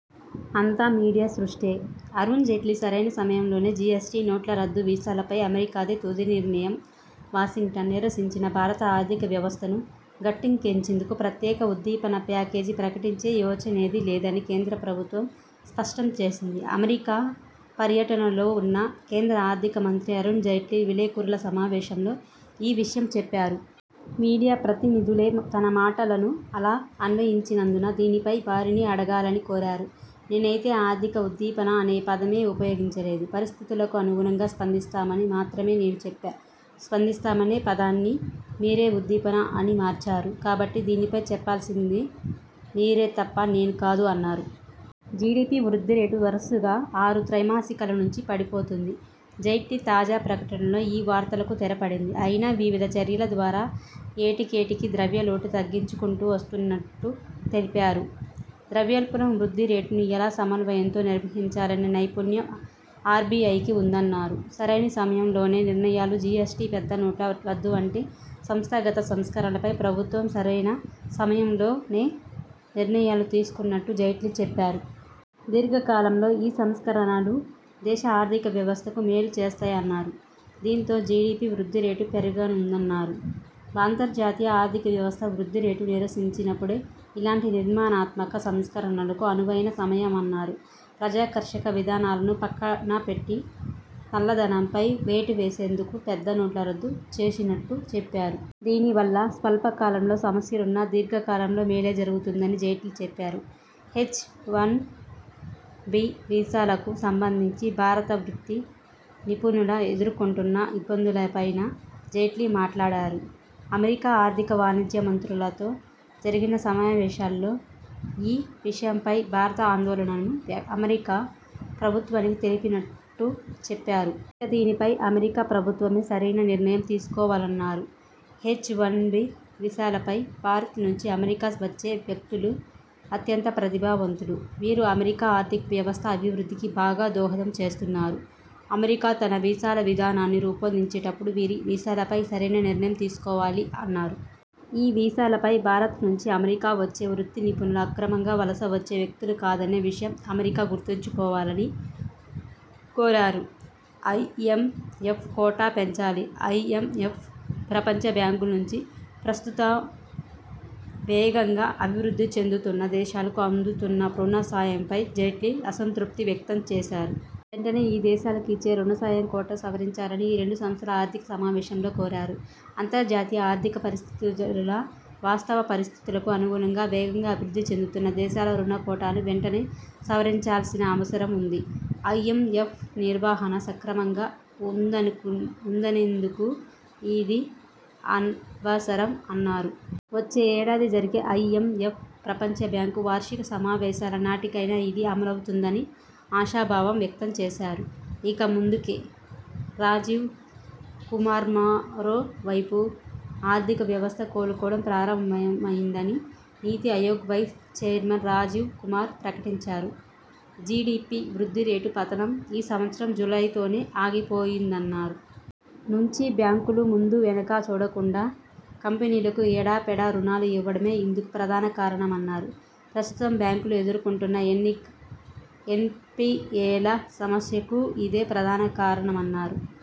అంతా మీడియా సృష్టే: అరుణ్ జైట్లీ సరైన సమయంలోనే జిఎస్టి, నోట్ల రద్దు వీసాలపై అమెరికాదే తుది నిర్ణయం వాషింగ్టన్: నీరసించిన భారత ఆర్థిక వ్యవస్థను గట్టెక్కించేందుకు ప్రత్యేక ఉద్దీపన ప్యాకేజీ ప్రకటించే యోచనేదీ లేదని కేంద్ర ప్రభుత్వం స్పష్టం చేసింది. అమెరికా పర్యటనలో ఉన్న కేంద్ర ఆర్థిక మంత్రి అరుణ్ జైట్లీ విలేకరుల సమావేశంలో ఈ విషయం చెప్పారు. మీడియా ప్రతినిధులే తన మాటలను అలా అన్వయించినందున దీనిపై వారినే అడగాలని కోరారు. 'నేనైతే ఆర్థిక ఉద్దీపన అనే పదమే ఉపయోగించలేదు. పరిస్థితులకు అనుగుణంగా స్పందిస్తామని మాత్రమే నేను చెప్పా. స్పందిస్తామనే పదాన్ని మీరే ఉద్దీపన అని మార్చారు. కాబట్టి దీనిపై చెప్పాల్సిందే మీరు తప్ప నేను కాదు' అన్నారు. జిడిపి వృద్ధి రేటు వరసగా ఆరు త్రైమాసికాల నుంచి పడిపోతోంది. జైట్లీ తాజా ప్రకటనతో ఈ వార్తలకు తెరపడింది. అయినా వివిధ చర్యల ద్వారా ఏటికేటికి ద్రవ్య లోటు తగ్గించుకుంటూ వస్తున్నట్టు తెలిపారు. ద్రవ్యోల్బణం-వృద్ధి రేటును ఎలా సమన్వయంతో నిర్వహించాలనే నైపుణ్యం ఆర్బిఐకి ఉందన్నారు. సరైన సమయంలోనే నిర్ణయాలుజిఎస్టి, పెద్ద నోట్ల రద్దువంటి సంస్థాగత సంస్కరణలపై ప్రభుత్వం సరైన సమయంలోనే నిర్ణయాలు తీసుకున్నట్టు జైట్లీ చెప్పారు. దీర్ఘకాలంలో ఈ సంస్కరణలు దేశ ఆర్థిక వ్యవస్థకు మేలు చేస్తాయన్నారు. దీంతో జిడిపి వృద్ధి రేటూ పెరగనుందన్నారు. అంతర్జాతీయ ఆర్థిక వ్యవస్థ వృద్ధి రేటు నీరసించినపుడే ఇలాంటి నిర్మాణాత్మక సంస్కరణలకు అనువైన సమయమన్నారు. ప్రజాకర్షక విధానాలను పక్కన పెట్టి నల్ల ధనంపై వేటు వేసేందుకే పెద్ద నోట్లు రద్దు చేసినట్టు చెప్పారు. దీని వల్ల స్వల్ప కాలంలో సమస్యలున్నా దీర్ఘ కాలంలో మేలే జరుగుతుందని జైట్లీ చెప్పారు. హెచ్-వన్ బి వీసాలకు సంబంధించి భారత వృత్తి నిపుణులు ఎదుర్కొంటున్న ఇబ్బందులపైనా జైట్లీ మాట్లాడారు. అమెరికా ఆర్థిక, వాణిజ్య మంత్రులతో జరిగిన సమావేశాల్లో ఈ విషయంపై భారత ఆందోళనను అమెరికా ప్రభుత్వానికి తెలిపినట్టు చెప్పారు. ఇక దీనిపై అమెరికా ప్రభుత్వమే సరైన నిర్ణయం తీసుకోవాలన్నారు. హెచ్-వన్ బి వీసాలపై భారత్ నుంచి అమెరికా వచ్చే వ్యక్తులు అత్యంత ప్రతిభావంతులు. వీరు అమెరికా ఆర్థిక వ్యవస్థ అభివృద్ధికీ బాగా దోహదం చేస్తున్నారు. అమెరికా తన వీసాల విధానాన్ని రూపొందించేటపుడు వీరి వీసాలపై సరైన నిర్ణయం తీసుకోవాలి' అన్నారు. ఈ వీసాలపై భారత్ నుంచి అమెరికా వచ్చే వృత్తి నిపుణులు అక్రమంగా వలస వచ్చే వ్యక్తులు కాదనే విషయం అమెరికా గుర్తుంచుకోవాలని కోరారు. ఐఎంఎఫ్ కోటా పెంచాలి ఐఎంఎఫ్, ప్రపంచ బ్యాంక్ నుంచి ప్రస్తుతం వేగంగా అభివృద్ధి చెందుతున్న దేశాలకు అందుతున్న రుణ సాయంపై జైట్లీ అసంతృప్తి వ్యక్తం చేశారు. వెంటనే ఈ దేశాలకు ఇచ్చే రుణ సాయం కోటా సవరించాలని ఈ రెండు సంస్థల వార్షిక సమావేశంలో కోరారు. 'అంతర్జాతీయ ఆర్థిక పరిస్థితుల వాస్తవ పరిస్థితులకు అనుగుణంగా వేగంగా అభివృద్ధి చెందుతున్న దేశాల రుణ కోటాను వెంటనే సవరించాల్సిన అవసరం ఉంది. ఐఎంఎఫ్ నిర్వహణ సక్రమంగా ఉందనేందుకూ ఇది అవసరం' అన్నారు. వచ్చే ఏడాది జరిగే ఐఎంఎఫ్, ప్రపంచ బ్యాంక్ వార్షిక సమావేశాల నాటికైనా ఇది అమలవుతుందని ఆశాభావం వ్యక్తం చేశారు. ఇక ముందుకి: రాజీవ్ కుమార్మరోవైపు ఆర్థిక వ్యవస్థ కోలుకోవడం ప్రారంభమైమైందని నీతి ఆయోగ్ వైస్ చైర్మన్ రాజీవ్ కుమార్ ప్రకటించారు. జిడిపి వృద్ధి రేటు పతనం ఈ సంవత్సరం జూలైతోనే ఆగిపోయిందన్నారు. నుంచి బ్యాంకులు ముందు వెనకా చూడకుండా కంపెనీలకు ఎడాపెడా రుణాలు ఇవ్వడమే ఇందుకు ప్రధాన కారణమన్నారు. ప్రస్తుతం బ్యాంకులు ఎదుర్కొంటున్న ఎన్నిఎన్పిఎల సమస్యకూ ఇదే ప్రధాన కారణమన్నారు.